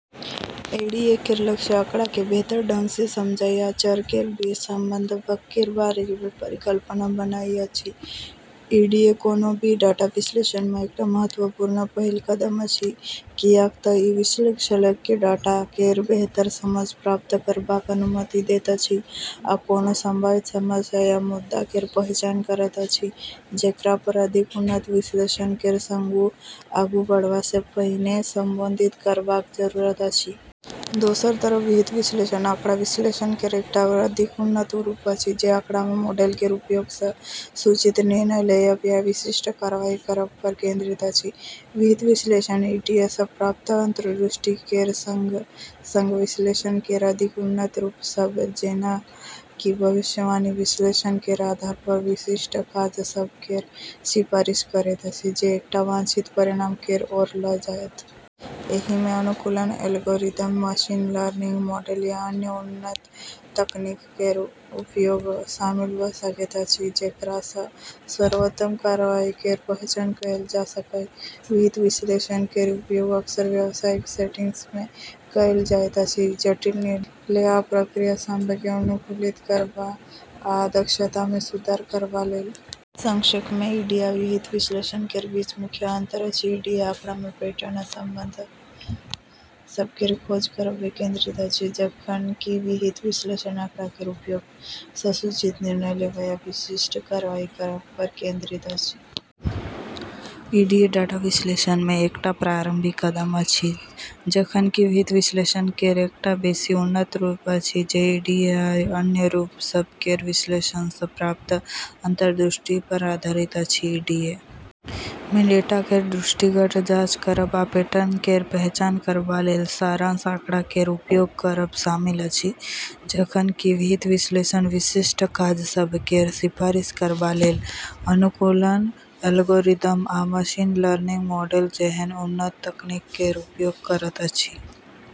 EDA केर लक्ष्य आँकड़ा केँ बेहतर ढंग सँ समझनाइ आ चर केर बीच संबंध सभ केर बारे मे परिकल्पना बनानाइ अछि। ईडीए कोनो भी डाटा विश्लेषण मे एकटा महत्वपूर्ण पहिल कदम अछि, कियाक तँ ई विश्लेषक केँ डाटा केर बेहतर समझ प्राप्त करबाक अनुमति दैत अछि, आ कोनो सम्भावित समस्या या मुद्दा केर पहचान करैत अछि जेकरा पर अधिक उन्नत विश्लेषण केर संग आगू बढ़बा सँ पहिने संबोधित करबाक जरूरत अछि। दोसर तरफ, विहित विश्लेषण आँकड़ा विश्लेषण केर एकटा अधिक उन्नत रूप अछि जे आँकड़ा आ मॉडल केर उपयोग सँ सूचित निर्णय लेबय या विशिष्ट कार्यवाही करब पर केंद्रित अछि। विहित विश्लेषण ईडीए सँ प्राप्त अंतर्दृष्टि केर संग-संग विश्लेषण केर अधिक उन्नत रूप सभ जेना कि भविष्यवाणी विश्लेषण केर आधार पर विशिष्ट काज सभ केर सिफारिश करैत अछि जे एकटा वांछित परिणाम केर ओर लऽ जायत। एहि मे अनुकूलन एल्गोरिदम, मशीन लर्निंग मॉडल या अन्य उन्नत तकनीक केर उपयोग शामिल भऽ सकैत अछि, जेकरा सँ सर्वोत्तम कार्यवाही केर पहचान कएल जा सकय। विहित विश्लेषण केर उपयोग अक्सर व्यावसायिक सेटिंग्स मे कएल जाइत अछि, जटिल निर्णय लेबाक प्रक्रिया सभ केँ अनुकूलित करबा आ दक्षता मे सुधार करबा लेल। संक्षेप मे, ईडीए आ विहित विश्लेषण केर बीच मुख्य अंतर अछि: ईडीए आँकड़ा मे पैटर्न आ संबंध सभ केर खोज करब पर केंद्रित अछि, जखन कि विहित विश्लेषण आँकड़ा केर उपयोग सँ सूचित निर्णय लेबय आ विशिष्ट कार्यवाही करब पर केंद्रित अछि। ईडीए डाटा विश्लेषण मे एकटा प्रारंभिक कदम अछि, जखन कि विहित विश्लेषण केर एकटा बेसि उन्नत रूप अछि जे ईडीए आ अन्य रूप सभ केर विश्लेषण सँ प्राप्त अंतर्दृष्टि पर आधारित अछि। ईडीए मे डेटा केर दृष्टिगत जांच करब आ पैटर्न केर पहचान करबा लेल सारांश आँकड़ा केर उपयोग करब शामिल अछि, जखन कि विहित विश्लेषण विशिष्ट काज सभ केर सिफारिश करबा लेल अनुकूलन एल्गोरिदम आ मशीन लर्निंग मॉडल जेहन उन्नत तकनीक केर उपयोग करैत अछि।